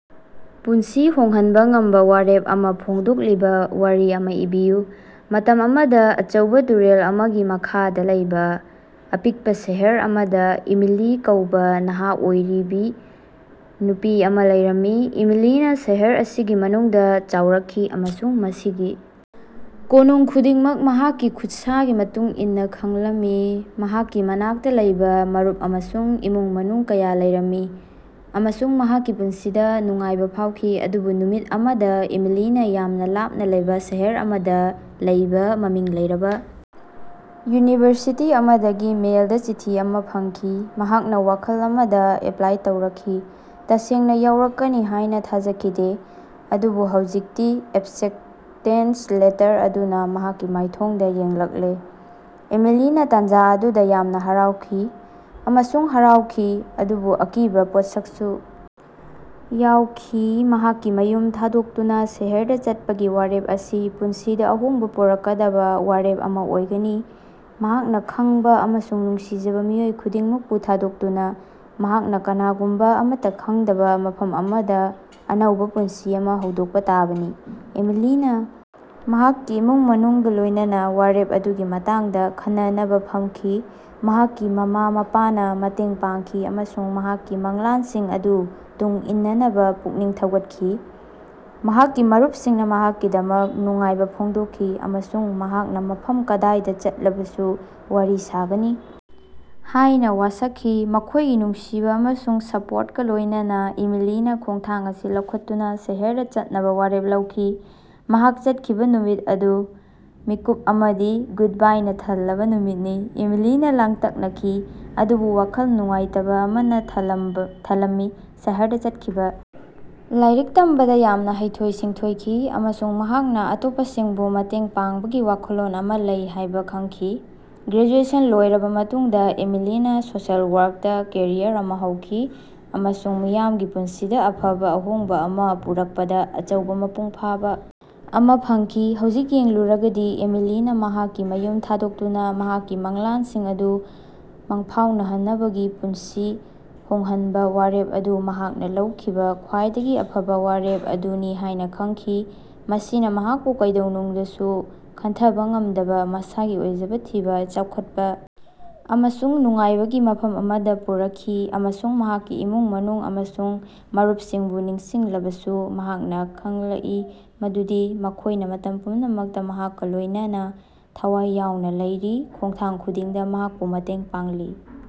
ꯄꯨꯟꯁꯤ ꯍꯣꯡꯍꯟꯕꯥ ꯉꯝꯕꯥ ꯋꯥꯔꯦꯞ ꯑꯃꯥ ꯐꯣꯡꯗꯣꯛꯂꯤꯕꯥ ꯋꯥꯔꯤ ꯑꯃꯥ ꯏꯕꯤꯌꯨ꯫ ꯃꯇꯝ ꯑꯃꯗꯥ ꯑꯆꯧꯕꯥ ꯇꯨꯔꯦꯜ ꯑꯃꯒꯤ ꯃꯈꯥꯗꯥ ꯂꯩꯕꯥ ꯑꯄꯤꯛꯄꯥ ꯁꯍꯔ ꯑꯃꯗꯥ ꯏꯃꯤꯂꯤ ꯀꯧꯕꯥ ꯅꯍꯥ ꯑꯣꯏꯔꯤꯕꯥ ꯅꯨꯄꯤ ꯑꯃꯥ ꯂꯩꯔꯝꯃꯤ꯫ ꯏꯃꯤꯂꯤꯅꯥ ꯁꯍꯔ ꯑꯁꯤꯒꯤ ꯃꯅꯨꯡꯗꯥ ꯆꯥꯎꯔꯛꯈꯤ, ꯑꯃꯁꯨꯡ ꯃꯁꯤꯒꯤ ꯀꯣꯅꯨꯡ ꯈꯨꯗꯤꯡꯃꯛ ꯃꯍꯥꯛꯀꯤ ꯈꯨꯠꯁꯥꯒꯤ ꯃꯇꯨꯡ ꯏꯟꯅꯥ ꯈꯪꯂꯝꯃꯤ꯫ ꯃꯍꯥꯛꯀꯤ ꯃꯅꯥꯛꯇꯥ ꯂꯩꯕꯥ ꯃꯔꯨꯞ ꯑꯃꯁꯨꯡ ꯏꯃꯨꯡ ꯃꯅꯨꯡ ꯀꯌꯥ ꯂꯩꯔꯝꯃꯤ, ꯑꯃꯁꯨꯡ ꯃꯍꯥꯛꯀꯤ ꯄꯨꯟꯁꯤꯗꯥ ꯅꯨꯡꯉꯥꯏꯕꯥ ꯐꯥꯎꯈꯤ꯫ ꯑꯗꯨꯕꯨ ꯅꯨꯃꯤꯠ ꯑꯃꯗꯥ ꯏꯃꯤꯂꯤꯅꯥ ꯌꯥꯝꯅꯥ ꯂꯥꯞꯅꯥ ꯂꯩꯕꯥ ꯁꯍꯔ ꯑꯃꯗꯥ ꯂꯩꯕꯥ ꯃꯃꯤꯡ ꯂꯩꯔꯕꯥ ꯌꯨꯅꯤꯚꯔꯁꯤꯇꯤ ꯑꯃꯗꯒꯤ ꯃꯦꯜꯗꯥ ꯆꯤꯊꯤ ꯑꯃꯥ ꯐꯪꯈꯤ꯫ ꯃꯍꯥꯛ ꯋꯥꯈꯜ ꯑꯃꯗꯥ ꯑꯦꯞꯄꯂꯥꯏ ꯇꯧꯔꯛꯈꯤ, ꯇꯁꯦꯡꯅꯥ ꯌꯥꯑꯣꯔꯛꯀꯅꯤ ꯍꯥꯏꯅꯥ ꯊꯥꯖꯈꯤꯗꯦ, ꯑꯗꯨꯕꯨ ꯍꯧꯖꯤꯛꯇꯤ ꯑꯦꯛꯁꯦꯞꯇꯦꯟꯁ ꯂꯦꯇꯔ ꯑꯗꯨꯅꯥ ꯃꯍꯥꯛꯀꯤ ꯃꯥꯏꯊꯣꯡꯗꯥ ꯌꯦꯡꯂꯛꯂꯦ꯫ ꯏꯃꯤꯂꯤꯅꯥ ꯇꯥꯟꯖꯥ ꯑꯗꯨꯗꯥ ꯌꯥꯝꯅꯥ ꯍꯔꯥꯎꯈꯤ ꯑꯃꯁꯨꯡ ꯍꯔꯥꯎꯈꯤ, ꯑꯗꯨꯕꯨ ꯑꯀꯤꯕꯥ ꯄꯣꯛꯁꯛꯁꯨ ꯌꯥꯎꯈꯤ꯫ ꯃꯍꯥꯛꯀꯤ ꯃꯌꯨꯝ ꯊꯥꯗꯣꯛꯇꯨꯅꯥ ꯁꯍꯔꯗꯥ ꯆꯠꯄꯒꯤ ꯋꯥꯔꯦꯞ ꯑꯁꯤ ꯄꯨꯟꯁꯤꯗꯥ ꯑꯍꯣꯡꯕꯥ ꯄꯨꯔꯛꯀꯗꯕꯥ ꯋꯥꯔꯦꯞ ꯑꯃꯥ ꯑꯣꯏꯒꯅꯤ꯫ ꯃꯍꯥꯛꯅꯥ ꯈꯪꯕꯥ ꯑꯃꯁꯨꯡ ꯅꯨꯡꯁꯤꯖꯕꯥ ꯃꯤꯑꯣꯏ ꯈꯨꯗꯤꯡꯃꯛꯄꯨ ꯊꯥꯗꯣꯛꯇꯨꯅꯥ, ꯃꯍꯥꯛꯅꯥ ꯀꯅꯥꯒꯨꯝꯕꯥ ꯑꯃꯠꯇꯥ ꯈꯪꯗꯕꯥ ꯃꯐꯝ ꯑꯃꯗꯥ ꯑꯅꯧꯕꯥ ꯄꯨꯟꯁꯤ ꯑꯃꯥ ꯍꯧꯗꯣꯛꯄꯥ ꯇꯥꯕꯅꯤ꯫ ꯏꯃꯤꯂꯤꯅꯥ ꯃꯍꯥꯛꯀꯤ ꯏꯃꯨꯡ ꯃꯅꯨꯡꯒꯥ ꯂꯣꯏꯅꯅꯥ ꯋꯥꯔꯦꯞ ꯑꯗꯨꯒꯤ ꯃꯇꯥꯡꯗꯥ ꯈꯟꯅꯅꯕꯥ ꯐꯝꯈꯤ꯫ ꯃꯍꯥꯛꯀꯤ ꯃꯃꯥ-ꯃꯄꯥꯅꯥ ꯃꯇꯦꯡ ꯄꯥꯡꯈꯤ ꯑꯃꯁꯨꯡ ꯃꯍꯥꯛꯀꯤ ꯃꯪꯂꯥꯟꯁꯤꯡ ꯑꯗꯨ ꯇꯨꯡ ꯏꯟꯅꯕꯥ ꯄꯨꯛꯅꯤꯡ ꯊꯧꯒꯠꯈꯤ꯫ ꯃꯍꯥꯛꯀꯤ ꯃꯔꯨꯄꯁꯤꯡꯅꯥ ꯃꯍꯥꯛꯀꯤꯗꯃꯛ ꯅꯨꯡꯉꯥꯏꯕꯥ ꯐꯣꯡꯗꯣꯛꯈꯤ ꯑꯃꯁꯨꯡ ꯃꯍꯥꯛꯅꯥ ꯃꯐꯝ ꯀꯗꯥꯏꯗꯥ ꯆꯠꯂꯕꯁꯨ ꯋꯥꯔꯤ ꯁꯥꯒꯅꯤ ꯍꯥꯏꯅꯥ ꯋꯥꯁꯛꯈꯤ꯫ ꯃꯈꯣꯏꯒꯤ ꯅꯨꯡꯁꯤꯕꯥ ꯑꯃꯁꯨꯡ ꯁꯄꯣꯔꯇꯀꯥ ꯂꯣꯏꯅꯅꯥ ꯏꯃꯤꯂꯤꯅꯥ ꯈꯣꯡꯊꯥꯡ ꯑꯁꯤ ꯂꯧꯈꯠꯇꯨꯅꯥ ꯁꯍꯔꯗꯥ ꯆꯠꯅꯕꯥ ꯋꯥꯔꯦꯞ ꯂꯧꯈꯤ꯫ ꯃꯍꯥꯛ ꯆꯠꯈꯤꯕꯥ ꯅꯨꯃꯤꯠ ꯑꯗꯨ ꯃꯤꯠꯀꯨꯞ ꯑꯃꯗꯤ ꯒꯨꯗꯕꯥꯏꯅꯥ ꯊꯜꯂꯕꯥ ꯅꯨꯃꯤꯠꯅꯤ꯫ ꯏꯃꯤꯂꯤꯅꯥ ꯂꯥꯡꯇꯛꯅꯈꯤ, ꯑꯗꯨꯕꯨ ꯋꯥꯈꯜ ꯅꯨꯡꯉꯥꯏꯇꯕꯥ ꯑꯃꯅꯥ ꯊꯜꯂꯝꯃꯤ꯫ ꯁꯍꯔꯗꯥ ꯆꯠꯈꯤꯕꯥ ꯂꯥꯏꯔꯤꯛ ꯇꯝꯕꯗꯥ ꯌꯥꯝꯅꯥ ꯍꯩꯊꯣꯏ-ꯁꯤꯡꯊꯣꯏꯈꯤ ꯑꯃꯁꯨꯡ ꯃꯍꯥꯛꯅꯥ ꯑꯇꯣꯞꯄꯁꯤꯡꯕꯨ ꯃꯇꯦꯡ ꯄꯥꯡꯕꯒꯤ ꯋꯥꯈꯜꯂꯣꯟ ꯑꯃꯥ ꯂꯩ ꯍꯥꯏꯕꯥ ꯈꯪꯈꯤ꯫ ꯒ꯭ꯔꯦꯖꯨꯑꯦꯁꯟ ꯂꯣꯏꯔꯕꯥ ꯃꯇꯨꯡꯗꯥ ꯏꯃꯤꯂꯤꯅꯥ ꯁꯣꯁꯤꯑꯦꯜ ꯋꯥꯔꯛꯇꯥ ꯀꯦꯔꯤꯌꯔ ꯑꯃꯥ ꯍꯧꯈꯤ ꯑꯃꯁꯨꯡ ꯃꯤꯌꯥꯝꯒꯤ ꯄꯨꯟꯁꯤꯗꯥ ꯑꯐꯕꯥ ꯑꯍꯣꯡꯕꯥ ꯑꯃꯥ ꯄꯨꯔꯛꯄꯗꯥ ꯑꯆꯧꯕꯥ ꯃꯄꯨꯡ ꯐꯥꯕꯥ ꯑꯃꯥ ꯐꯪꯈꯤ꯫ ꯍꯧꯖꯤꯛ ꯌꯦꯡꯂꯨꯔꯒꯗꯤ ꯏꯃꯤꯂꯤꯅꯥ ꯃꯍꯥꯛꯀꯤ ꯃꯌꯨꯝ ꯊꯥꯗꯣꯛꯇꯨꯅꯥ ꯃꯍꯥꯛꯀꯤ ꯃꯪꯂꯥꯟꯁꯤꯡ ꯑꯗꯨ ꯃꯪꯐꯥꯎꯅꯍꯟꯕꯒꯤ ꯄꯨꯟꯁꯤ ꯍꯣꯡꯍꯟꯕꯥ ꯋꯥꯔꯦꯞ ꯑꯗꯨ ꯃꯍꯥꯛꯅꯥ ꯂꯧꯈꯤꯕꯥ ꯈ꯭ꯋꯥꯏꯗꯒꯤ ꯐꯕꯥ ꯋꯥꯔꯦꯞ ꯑꯗꯨꯅꯤ ꯍꯥꯏꯕꯥ ꯈꯪꯈꯤ꯫ ꯃꯁꯤꯅꯥ ꯃꯍꯥꯛꯄꯨ ꯀꯩꯗꯧꯉꯩꯗꯁꯨ ꯈꯟꯊꯕꯥ ꯉꯝꯗꯕꯥ ꯃꯁꯥꯒꯤ ꯑꯣꯏꯖꯕꯥ ꯊꯤꯕꯥ, ꯆꯥꯎꯈꯠꯄꯥ ꯑꯃꯁꯨꯡ ꯅꯨꯡꯉꯥꯏꯕꯒꯤ ꯃꯐꯝ ꯑꯃꯗꯥ ꯄꯨꯔꯛꯈꯤ꯫ ꯑꯃꯁꯨꯡ ꯃꯍꯥꯛꯀꯤ ꯏꯃꯨꯡ ꯃꯅꯨꯡ ꯑꯃꯁꯨꯡ ꯃꯔꯨꯄꯁꯤꯡꯕꯨ ꯅꯤꯡꯁꯤꯡꯂꯕꯁꯨ ꯃꯍꯥꯛꯅꯥ ꯈꯥꯡꯂꯝꯏ ꯃꯗꯨꯗꯤ ꯃꯈꯣꯏꯅꯥ ꯃꯇꯝ ꯄꯨꯝꯅꯃꯛꯇꯥ ꯃꯍꯥꯛꯀꯥ ꯂꯣꯏꯅꯅꯥ ꯊꯋꯥꯏ ꯌꯥꯎꯅꯥ ꯂꯩꯔꯤ, ꯈꯣꯉꯊꯥꯡ ꯈꯨꯗꯤꯡꯗꯥ ꯃꯍꯥꯛꯄꯨ ꯃꯇꯦꯡ ꯄꯥꯡꯂꯤ꯫